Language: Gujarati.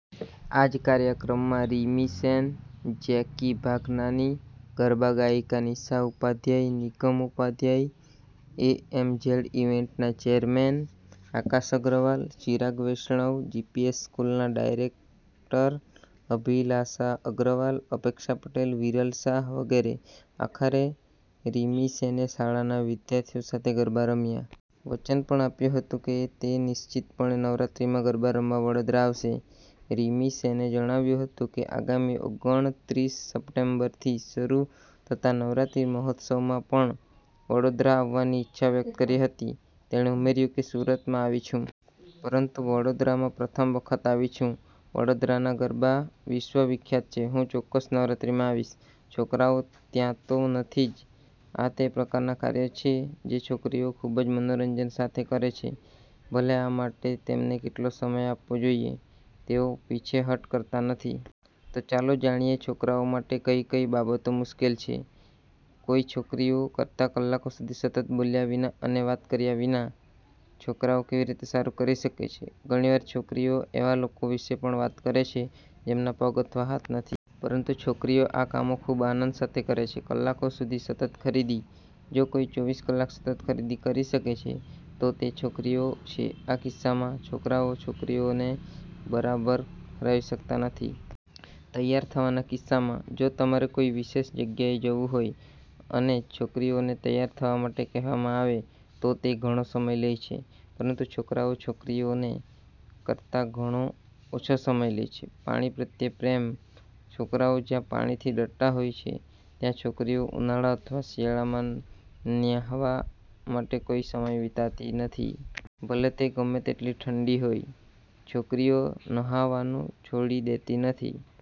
આ જ કાર્યક્રમમાં રિમિ સેન, જેકી ભાગનાની, ગરબા ગાયિકા Nisha Upadhyay Nigam Upadhyay, A. M. Z ઇવેન્ટના ચેરમેન આકાશ અગ્રવાલ, ચિરાગ વૈષ્ણવ, જીપીએસ સ્કૂલના ડાયરેક્ટર અભિલાષા અગ્રવાલ, અપેક્ષા પટેલ, વિરલ શાહ, વગેરે. આખરે રિમિ સેને શાળાના વિદ્યાર્થીઓ સાથે ગરબા રમ્યા. વચન પણ આપ્યું હતું કે તે નિશ્ચિતપણે નવરાત્રીમાં ગરબા રમવા વડોદરા આવશે. રિમી સેને જણાવ્યું હતું કે, આગામી ઓગણત્રીસ સપ્ટેમ્બરથી શરૂ થતા નવરાત્રિ મહોત્સવમાં પણ વડોદરા આવવાની ઇચ્છા વ્યક્ત કરી હતી. તેણે ઉમેર્યું કે, સુરતમાં આવી છું. પરંતુ વડોદરામાં પ્રથમ વખત આવી છું. વડોદરાના ગરબા વિશ્વ વિખ્યાત છે. હું ચોક્કસ નવરાત્રિમાં આવીશ. છોકરાઓ ત્યાં તો નથી જ. આ તે પ્રકારનાં કાર્યો છે જે છોકરીઓ ખૂબ જ મનોરંજન સાથે કરે છે, ભલે આ માટે તેમને કેટલો સમય આપવો જોઇએ, તેઓ પીછેહઠ કરતા નથી. તો ચાલો જાણીએ છોકરાઓ માટે કઈ કઈ બાબતો મુશ્કેલ છે: કોઈ છોકરીઓ કરતાં કલાકો સુધી સતત બોલ્યા વિના અને વાત કર્યા વિના, છોકરો કેવી રીતે સારું કરી શકે છે. ઘણી વાર છોકરીઓ એવા લોકો વિશે પણ વાત કરે છે જેમના પગ અથવા હાથ નથી. પરંતુ છોકરીઓ આ કામો ખૂબ આનંદ સાથે કરે છે. કલાકો સુધી સતત ખરીદી: જો કોઈ ચોવીસ કલાક સતત ખરીદી કરી શકે છે, તો તે છોકરીઓ છે. આ કિસ્સામાં, છોકરાઓ છોકરીઓને બરાબર હરાવી શકતા નથી. તૈયાર થવાના કિસ્સામાં: જો તમારે કોઈ વિશેષ જગ્યાએ જવું હોય અને છોકરીઓને તૈયાર થવા માટે કહેવામાં આવે, તો તે ઘણો સમય લે છે. પરંતુ છોકરાઓ છોકરીઓ કરતા ઘણો ઓછો સમય લે છે. પાણી પ્રત્યે પ્રેમ: છોકરાઓ જ્યાં પાણીથી ડરતા હોય છે, ત્યાં છોકરીઓ ઉનાળા અથવા શિયાળામાં ન્હાવા માટે કોઈ સમય વિતાતી નથી. ભલે તે ગમે તેટલી ઠંડી હોય, છોકરીઓ નહાવાનું છોડી દેતી નથી.